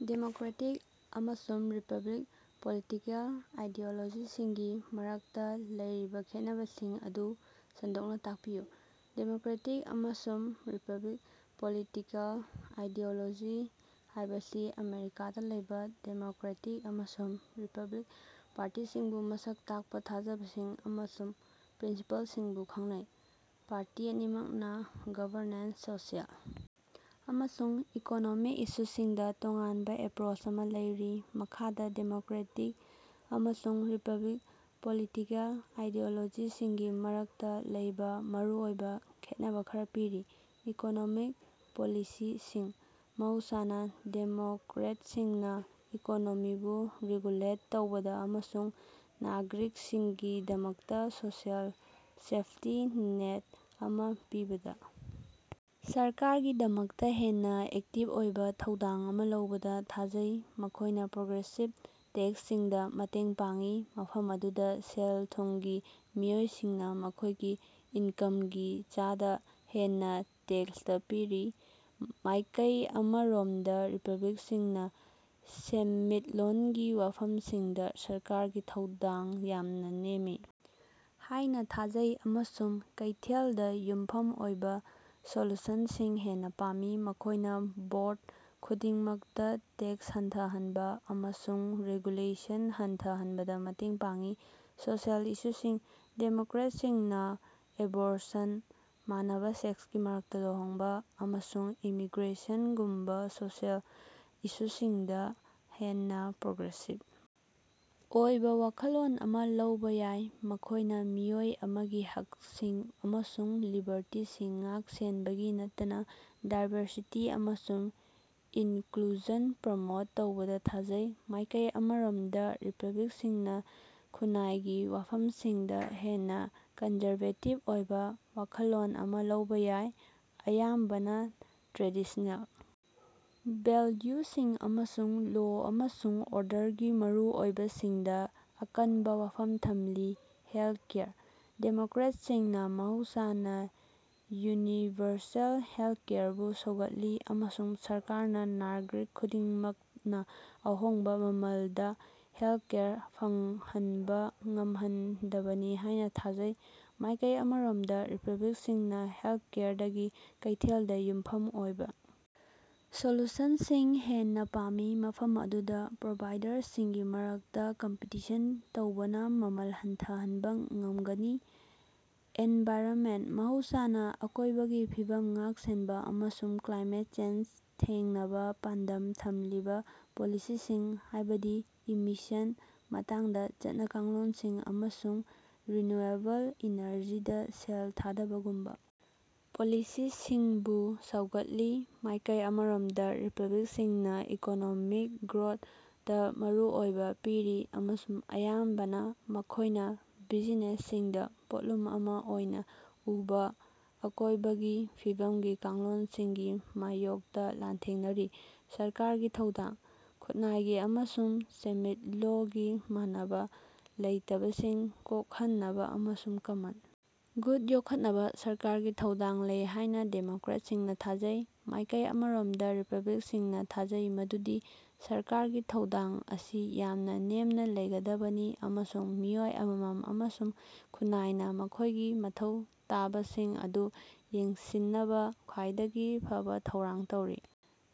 Democratic ꯑꯃꯁꯨꯡ republic political ꯑꯥꯏꯗꯤꯑꯣꯂꯣꯖꯤꯁꯤꯡꯒꯤ ꯃꯔꯛꯇꯥ ꯂꯩꯔꯤꯕꯥ ꯈꯦꯠꯅꯕꯁꯤꯡ ꯑꯗꯨ ꯁꯟꯗꯣꯛꯅꯥ ꯇꯥꯛꯄꯤꯌꯨ꯫ ꯗꯦꯃꯣꯀꯔꯦꯇꯤꯛ ꯑꯃꯁꯨꯡ ꯔꯤꯄꯕ꯭ꯂꯤꯛ ꯄꯣꯂꯤꯇꯤꯀꯦꯜ ꯑꯥꯏꯗꯤꯑꯣꯂꯣꯖꯤ ꯍꯥꯏꯕꯁꯤ ꯑꯃꯦꯔꯤꯀꯥꯗꯥ ꯂꯩꯕꯥ ꯗꯦꯃꯣꯀꯔꯦꯇꯤꯛ ꯑꯃꯁꯨꯡ ꯔꯤꯄꯕ꯭ꯂꯤꯛ ꯄꯥꯔꯇꯤꯁꯤꯡꯕꯨ ꯃꯁꯛ ꯇꯥꯛꯄꯥ ꯊꯥꯖꯕꯁꯤꯡ ꯑꯃꯁꯨꯡ ꯄ꯭ꯔꯤꯟꯁꯤꯄꯥꯜꯁꯤꯡꯕꯨ ꯈꯪꯅꯩ꯫ ꯄꯥꯔꯇꯤ ꯑꯅꯤꯃꯛꯅꯥ ꯒꯕꯔꯅꯥꯟꯁ, ꯁꯣꯁꯤꯑꯦꯜ, ꯑꯃꯁꯨꯡ ꯏꯀꯣꯅꯣꯃꯤꯛ ꯏꯁꯨꯁꯤꯡꯗꯥ ꯇꯣꯉꯥꯟꯕꯥ ꯑꯦꯞꯄꯔꯣꯆ ꯑꯃꯥ ꯂꯩꯔꯤ꯫ ꯃꯈꯥꯗꯥ ꯗꯦꯃꯣꯀꯔꯦꯇꯤꯛ ꯑꯃꯁꯨꯡ ꯔꯤꯄꯕ꯭ꯂꯤꯛ ꯄꯣꯂꯤꯇꯤꯀꯦꯜ ꯑꯥꯏꯗꯤꯑꯣꯂꯣꯖꯤꯁꯤꯡꯒꯤ ꯃꯔꯛꯇꯥ ꯂꯩꯕꯥ ꯃꯔꯨꯑꯣꯏꯕꯥ ꯈꯦꯠꯅꯕꯥ ꯈꯔꯥ ꯄꯤꯔꯤ: ꯏꯀꯣꯅꯣꯃꯤꯛ ꯄꯣꯂꯤꯁꯤꯁꯤꯡ: ꯃꯍꯧꯁꯥꯅꯥ ꯗꯦꯃꯣꯀꯔꯦꯠꯁꯤꯡꯅꯥ ꯏꯀꯣꯅꯣꯃꯤꯕꯨ ꯔꯤꯒꯨꯂꯦꯠ ꯇꯧꯕꯗꯥ ꯑꯃꯁꯨꯡ ꯅꯥꯒꯔꯤꯛꯁꯤꯡꯒꯤꯗꯃꯛꯇꯥ ꯁꯣꯁꯤꯑꯦꯜ ꯁꯦꯐꯇꯤ ꯅꯦꯠ ꯑꯃꯥ ꯄꯤꯕꯗꯥ ꯁꯔꯀꯥꯔꯒꯤꯗꯃꯛꯇꯥ ꯍꯦꯟꯅꯥ ꯑꯦꯛꯇꯤꯕ ꯑꯣꯏꯕꯥ ꯊꯧꯗꯥꯡ ꯑꯃꯥ ꯂꯧꯕꯗꯥ ꯊꯥꯖꯩ꯫ ꯃꯈꯣꯏꯅꯥ ꯄ꯭ꯔꯣꯒ꯭ꯔꯦꯁꯤꯚ ꯇꯦꯛꯁꯁꯤꯡꯗꯥ ꯃꯇꯦꯡ ꯄꯥꯡꯏ, ꯃꯐꯝ ꯑꯗꯨꯗꯥ ꯁꯦꯜ ꯊꯨꯝꯒꯤ ꯃꯤꯑꯣꯏꯁꯤꯡꯅꯥ ꯃꯈꯣꯏꯒꯤ ꯏꯟꯀꯝꯒꯤ ꯆꯥꯗꯥ ꯍꯦꯟꯅꯥ ꯇꯦꯛꯁꯇꯥ ꯄꯤꯔꯤ꯫ ꯃꯥꯏꯀꯩ ꯑꯃꯔꯣꯝꯗꯥ ꯔꯤꯄꯕ꯭ꯂꯤꯛꯁꯤꯡꯅꯥ ꯁꯦꯟꯃꯤꯠꯂꯣꯟꯒꯤ ꯋꯥꯐꯝꯁꯤꯡꯗꯥ ꯁꯔꯀꯥꯔꯒꯤ ꯊꯧꯗꯥꯡ ꯌꯥꯝꯅꯥ ꯅꯦꯝꯃꯤ ꯍꯥꯏꯅꯥ ꯊꯥꯖꯩ ꯑꯃꯁꯨꯡ ꯀꯩꯊꯦꯜꯗꯥ ꯌꯨꯝꯐꯝ ꯑꯣꯏꯕꯥ ꯁꯣꯂꯨꯁꯟꯁꯤꯡ ꯍꯦꯟꯅꯥ ꯄꯥꯝꯃꯤ꯫ ꯃꯈꯣꯏꯅꯥ ꯕꯣꯔꯗ ꯈꯨꯗꯤꯡꯃꯛꯇꯥ ꯇꯦꯛꯁ ꯍꯟꯊꯍꯟꯕꯥ ꯑꯃꯁꯨꯡ ꯔꯦꯒꯨꯂꯦꯁꯟ ꯍꯟꯊꯍꯟꯕꯗꯥ ꯃꯇꯦꯡ ꯄꯥꯡꯏ꯫ ꯁꯣꯁꯤꯑꯦꯜ ꯏꯁꯨꯁꯤꯡ: ꯗꯦꯃꯣꯀ꯭ꯔꯦꯠꯁꯤꯡꯅꯥ ꯑꯦꯕꯣꯔꯁꯟ, ꯃꯥꯟꯅꯕꯥ ꯁꯦꯛꯁꯀꯤ ꯃꯔꯛꯇꯥ ꯂꯨꯍꯣꯡꯕꯥ, ꯑꯃꯁꯨꯡ ꯏꯃꯤꯒ꯭ꯔꯦꯁꯟꯉꯨꯝꯕꯥ ꯁꯣꯁꯤꯑꯦꯜ ꯏꯁꯨꯁꯤꯡꯗꯥ ꯍꯦꯟꯅꯥ ꯄ꯭ꯔꯣꯒ꯭ꯔꯦꯁꯤꯚ ꯑꯣꯏꯕꯥ ꯋꯥꯈꯜꯂꯣꯟ ꯑꯃꯥ ꯂꯧꯕꯥ ꯌꯥꯏ꯫ ꯃꯈꯣꯏꯅꯥ ꯃꯤꯑꯣꯏ ꯑꯃꯒꯤ ꯍꯛꯁꯤꯡ ꯑꯃꯁꯨꯡ ꯂꯤꯕꯔꯇꯤꯁꯤꯡ ꯉꯥꯛ-ꯁꯦꯟꯕꯒꯤ ꯅꯠꯇꯅꯥ ꯗꯥꯏꯕꯔꯁꯤꯇꯤ ꯑꯃꯁꯨꯡ ꯏꯟꯀꯂꯨꯖꯟ ꯄ꯭ꯔꯃꯣꯠ ꯇꯧꯕꯗꯥ ꯊꯥꯖꯩ꯫ ꯃꯥꯏꯀꯩ ꯑꯃꯔꯣꯝꯗꯥ ꯔꯤꯄꯕ꯭ꯂꯤꯛꯁꯤꯡꯅꯥ ꯈꯨꯟꯅꯥꯏꯒꯤ ꯋꯥꯐꯝꯁꯤꯡꯗꯥ ꯍꯦꯟꯅꯥ ꯀꯟꯖꯔꯕꯦꯇꯤꯕ ꯑꯣꯏꯕꯥ ꯋꯥꯈꯜꯂꯣꯟ ꯑꯃꯥ ꯂꯧꯕꯥ ꯌꯥꯏ, ꯑꯌꯥꯝꯕꯅꯥ ꯇ꯭ꯔꯦꯗꯤꯁ꯭ꯅꯦꯜ ꯚꯦꯜꯌꯨꯁꯤꯡ ꯑꯃꯁꯨꯡ ꯂꯣ ꯑꯃꯁꯨꯡ ꯑꯣꯔꯗꯔꯒꯤ ꯃꯔꯨꯑꯣꯏꯕꯁꯤꯡꯗꯥ ꯑꯀꯟꯕꯥ ꯋꯥꯐꯝ ꯊꯝꯂꯤ꯫ ꯍꯦꯜꯊꯀꯦꯌꯔ: ꯗꯦꯃꯣꯀꯔꯦꯠꯁꯤꯡꯅꯥ ꯃꯍꯧꯁꯥꯅꯥ ꯌꯨꯅꯤꯚꯔꯁꯦꯜ ꯍꯦꯜꯊꯀꯦꯌꯔꯕꯨ ꯁꯧꯒꯠꯂꯤ ꯑꯃꯁꯨꯡ ꯁꯔꯀꯥꯔꯅꯥ ꯅꯥꯒꯔꯤꯛ ꯈꯨꯗꯤꯡꯃꯛꯅꯥ ꯑꯍꯣꯡꯕꯥ ꯃꯃꯜꯗꯥ ꯍꯦꯜꯊꯀꯦꯌꯔ ꯐꯪꯍꯟꯕꯥ ꯉꯝꯍꯟꯗꯕꯅꯤ ꯍꯥꯏꯅꯥ ꯊꯥꯖꯩ꯫ ꯃꯥꯏꯀꯩ ꯑꯃꯔꯣꯝꯗꯥ ꯔꯤꯄꯕ꯭ꯂꯤꯛꯁꯤꯡꯅꯥ ꯍꯦꯜꯊꯀꯦꯌꯔꯗꯒꯤ ꯀꯩꯊꯦꯜꯗꯥ ꯌꯨꯝꯐꯝ ꯑꯣꯏꯕꯥ ꯁꯣꯂꯨꯁꯟꯁꯤꯡ ꯍꯦꯟꯅꯥ ꯄꯥꯝꯃꯤ, ꯃꯐꯝ ꯑꯗꯨꯗꯥ ꯄ꯭ꯔꯣꯚꯥꯏꯗꯔꯁꯤꯡꯒꯤ ꯃꯔꯛꯇꯥ ꯀꯝꯄꯤꯇꯤꯁꯟ ꯇꯧꯕꯅꯥ ꯃꯃꯜ ꯍꯟꯊꯍꯟꯕꯥ ꯉꯝꯒꯅꯤ꯫ ꯑꯦꯟꯚꯥꯏꯔꯟꯃꯦꯟꯇ: ꯃꯍꯧꯁꯥꯅꯥ ꯑꯀꯣꯏꯕꯒꯤ ꯐꯤꯕꯝ ꯉꯥꯛ-ꯁꯦꯟꯕꯥ ꯑꯃꯁꯨꯡ ꯀ꯭ꯂꯥꯏꯃꯦꯠ ꯆꯦꯟꯖ ꯊꯦꯡꯅꯕꯥ ꯄꯥꯟꯗꯝ ꯊꯝꯂꯤꯕꯥ ꯄꯣꯂꯤꯁꯤꯁꯤꯡ, ꯍꯥꯏꯕꯗꯤ ꯏꯃꯤꯁꯁꯟ ꯃꯇꯥꯡꯗꯥ ꯆꯠꯅ-ꯀꯥꯡꯂꯣꯟꯁꯤꯡ ꯑꯃꯁꯨꯡ ꯔꯤꯅ꯭ꯌꯨꯑꯦꯕꯜ ꯏꯅꯔꯖꯤꯗꯥ ꯁꯦꯜ ꯊꯥꯗꯕꯒꯨꯝꯕꯥ ꯄꯣꯂꯤꯁꯤꯁꯤꯡꯕꯨ ꯁꯧꯒꯠꯂꯤ꯫ ꯃꯥꯏꯀꯩ ꯑꯃꯔꯣꯝꯗꯥ ꯔꯤꯄꯕ꯭ꯂꯤꯛꯁꯤꯡꯅꯥ ꯏꯀꯣꯅꯣꯃꯤꯛ ꯒ꯭ꯔꯣꯊꯇꯥ ꯃꯔꯨ ꯑꯣꯏꯕꯥ ꯄꯤꯔꯤ ꯑꯃꯁꯨꯡ ꯑꯌꯥꯝꯕꯅꯥ ꯃꯈꯣꯏꯅꯥ ꯕꯤꯖꯤꯅꯦꯁꯁꯤꯡꯗꯥ ꯄꯣꯠꯂꯨꯝ ꯑꯃꯥ ꯑꯣꯏꯅꯥ ꯎꯕꯥ ꯑꯀꯣꯏꯕꯒꯤ ꯐꯤꯕꯝꯒꯤ ꯀꯥꯡꯂꯣꯟꯁꯤꯡꯒꯤ ꯃꯥꯌꯣꯛꯇꯥ ꯂꯥꯟꯊꯦꯡꯅꯔꯤ꯫ ꯁꯔꯀꯥꯔꯒꯤ ꯊꯧꯗꯥꯡ: ꯈꯨꯟꯅꯥꯏꯒꯤ ꯑꯃꯁꯨꯡ ꯁꯦꯟꯃꯤꯠꯂꯣꯒꯤ ꯃꯥꯟꯅꯕꯥ ꯂꯩꯇꯕꯁꯤꯡ ꯀꯣꯛꯍꯟꯅꯕꯥ ꯑꯃꯁꯨꯡ ꯀꯃꯟ ꯒꯨꯗ ꯌꯣꯛꯈꯠꯅꯕꯥ ꯁꯔꯀꯥꯔꯒꯤ ꯊꯧꯗꯥꯡ ꯂꯩ ꯍꯥꯏꯅꯥ ꯗꯦꯃꯣꯀꯔꯦꯠꯁꯤꯡꯅꯥ ꯊꯥꯖꯩ꯫ ꯃꯥꯏꯀꯩ ꯑꯃꯔꯣꯝꯗꯥ ꯔꯤꯄꯕ꯭ꯂꯤꯛꯁꯤꯡꯅꯥ ꯊꯥꯖꯩ ꯃꯗꯨꯗꯤ ꯁꯔꯀꯥꯔꯒꯤ ꯊꯧꯗꯥꯡ ꯑꯁꯤ ꯌꯥꯝꯅꯥ ꯅꯦꯝꯅꯥ ꯂꯩꯒꯗꯕꯅꯤ, ꯑꯃꯁꯨꯡ ꯃꯤꯑꯣꯏ ꯑꯃꯃꯝ ꯑꯃꯁꯨꯡ ꯈꯨꯟꯅꯥꯏꯅꯥ ꯃꯈꯣꯏꯒꯤ ꯃꯊꯧ ꯇꯥꯕꯁꯤꯡ ꯑꯗꯨ ꯌꯦꯡꯁꯤꯟꯅꯕꯥ ꯈ꯭ꯋꯥꯏꯗꯒꯤ ꯐꯕꯥ ꯊꯧꯔꯥꯡ ꯇꯧꯔꯤ꯫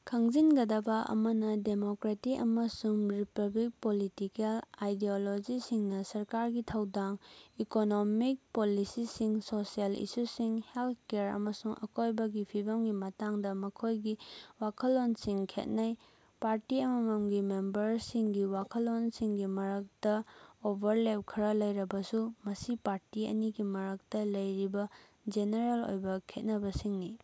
ꯈꯪꯖꯤꯟꯒꯗꯕꯥ ꯑꯃꯅꯥ, ꯗꯦꯃꯣꯀꯔꯦꯇꯤꯛ ꯑꯃꯁꯨꯡ ꯔꯤꯄꯕ꯭ꯂꯤꯛ ꯄꯣꯂꯤꯇꯤꯀꯦꯜ ꯑꯥꯏꯗꯤꯑꯣꯂꯣꯖꯤꯁꯤꯡꯅꯥ ꯁꯔꯀꯥꯔꯒꯤ ꯊꯧꯗꯥꯡ, ꯏꯀꯣꯅꯣꯃꯤꯛ ꯄꯣꯂꯤꯁꯤꯁꯤꯡ, ꯁꯣꯁꯤꯑꯦꯜ ꯏꯁꯨꯁꯤꯡ, ꯍꯦꯜꯊꯀꯦꯌꯔ, ꯑꯃꯁꯨꯡ ꯑꯀꯣꯏꯕꯒꯤ ꯐꯤꯕꯝꯒꯤ ꯃꯇꯥꯡꯗꯥ ꯃꯈꯣꯏꯒꯤ ꯋꯥꯈꯜꯂꯣꯟꯁꯤꯡ ꯈꯦꯠꯅꯩ꯫ ꯄꯥꯔꯇꯤ ꯑꯃꯃꯝꯒꯤ ꯃꯦꯝꯕꯔꯁꯤꯡꯒꯤ ꯋꯥꯈꯜꯂꯣꯟꯁꯤꯡꯒꯤ ꯃꯔꯛꯇꯥ ꯑꯣꯚꯔꯂꯦꯞ ꯈꯔꯥ ꯂꯩꯔꯕꯁꯨ, ꯃꯁꯤ ꯄꯥꯔꯇꯤ ꯑꯅꯤꯒꯤ ꯃꯔꯛꯇꯥ ꯂꯩꯔꯤꯕꯥ ꯖꯦꯅꯔꯦꯜ ꯑꯣꯏꯕꯥ ꯈꯦꯠꯅꯕꯁꯤꯡꯅꯤ꯫